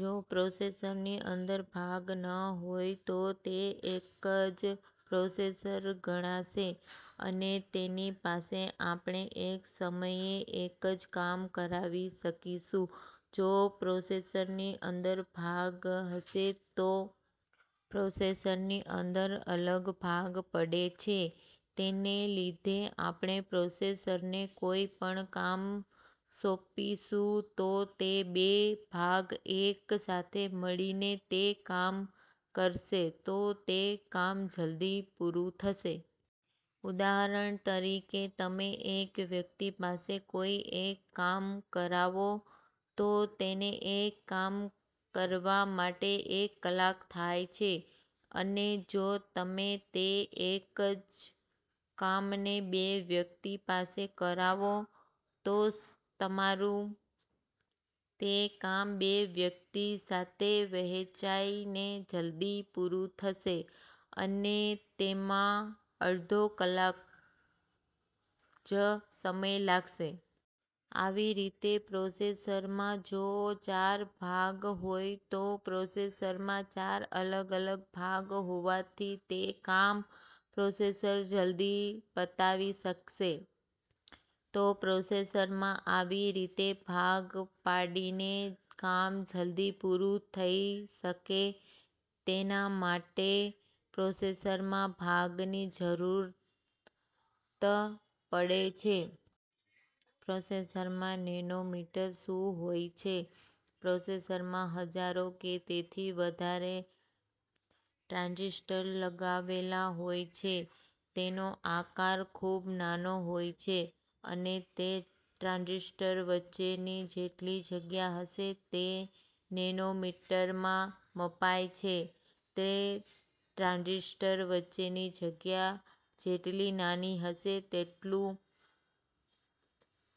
જો પ્રોસેસરની અંદર ભાગ ન હોય તો તે એક જ પ્રોસેસર ગણાશે અને તેની પાસે આપણે એક સમયે એક જ કામ કરાવી શકીશું. જો પ્રોસેસરની અંદર ભાગ હશે તો પ્રોસેસરની અંદર અલગ ભાગ પડે છે તેને લીધે આપણે પ્રોસેસરને કોઈ પણ કામ સોંપીશું તો તે બે ભાગ એક સાથે મળીને તે કામ કરશે તો તે કામ જલ્દી પૂરું થશે. ઉદાહરણ તરીકે તમે એક વ્યક્તિ પાસે કોઈ એક કામ કરાવો તો તેને એક કામ કરવા માટે એક કલાક થાય છે અને જો તમે તે એક જ કામને બે વ્યક્તિ પાસે કરાવો તો તમારું તે કામ બે વ્યક્તિ સાથે વહેંચાઈને જલ્દી પુરુ થશે અને તેમાં અડધો કલાક જ સમય લાગશે. આવી રીતે પ્રોસેસરમાં જો ચાર ભાગ હોય તો પ્રોસેસરમાં ચાર અલગ-અલગ ભાગ હોવાથી તે કામ પ્રોસેસર જલ્દી પતાવી શકશે. તો પ્રોસેસરમાં આવી રીતે ભાગ પાડીને કામ જલ્દી પુરુ થઈ શકે તેના માટે પ્રોસેસરમાં ભાગ ની જરૂરત પડે છે. પ્રોસેસરમાં નેનોમીટર શું હોય છે? પ્રોસેસરમાં હજારો કે તેથી વધારે ટ્રાંજિસ્ટર લગાવેલા હોય છે જેનો આકાર ખૂબ નાનો હોય છે અને તે ટ્રાંજિસ્ટર વચ્ચેની જેટલી જગ્યા હશે તે નેનોમીટરમાં મપાય છે. તે ટ્રાંજિસ્ટર વચ્ચેની જગ્યા જેટલી નાની હશે તેટલું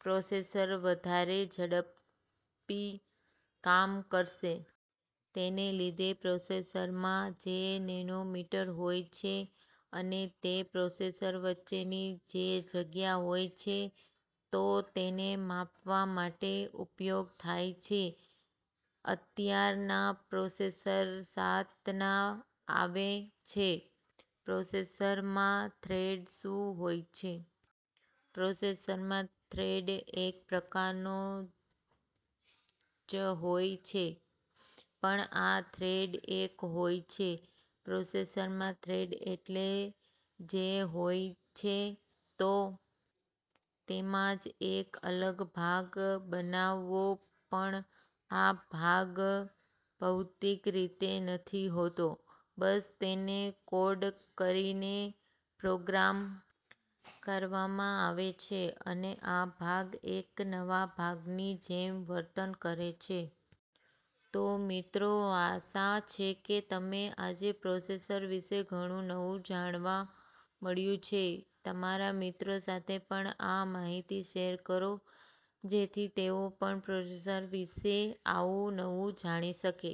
પ્રોસેસર વધારે ઝડપી કામ કરશે. તેને લીધે પ્રોસેસરમાં જે નેનોમીટર હોય છે અને તે પ્રોસેસર વચ્ચેની જે જગ્યા હોય છે તો તેને માપવા માટે ઉપયોગ થાય છે. અત્યારના પ્રોસેસર સાત ના આવે છે. પ્રોસેસરમાં થ્રેડ શું હોય છે? પ્રોસેસરમાં થ્રેડ એક પ્રકારનો જ હોય છે પણ આ થ્રેડ એક હોય છે. પ્રોસેસરમાં થ્રેડ એટલે જે હોય છે તો તેમાં જ એક અલગ ભાગ બનાવવો પણ આ ભાગ ભૌતિક રીતે નથી હોતો, બસ તેને કોડ કરીને પ્રોગ્રામ કરવામાં આવે છે અને આ ભાગ એક નવા ભાગની જેમ વર્તન કરે છે. તો મિત્રો આશા છે કે તમને આજે પ્રોસેસર વિશે ઘણું નવું જાણવા મળ્યું હશે, તમારા મિત્રો સાથે પણ આ માહિતી શેર કરો જેથી તેઓ પણ પ્રોસેસર વિશે આવું નવું જાણી શકે.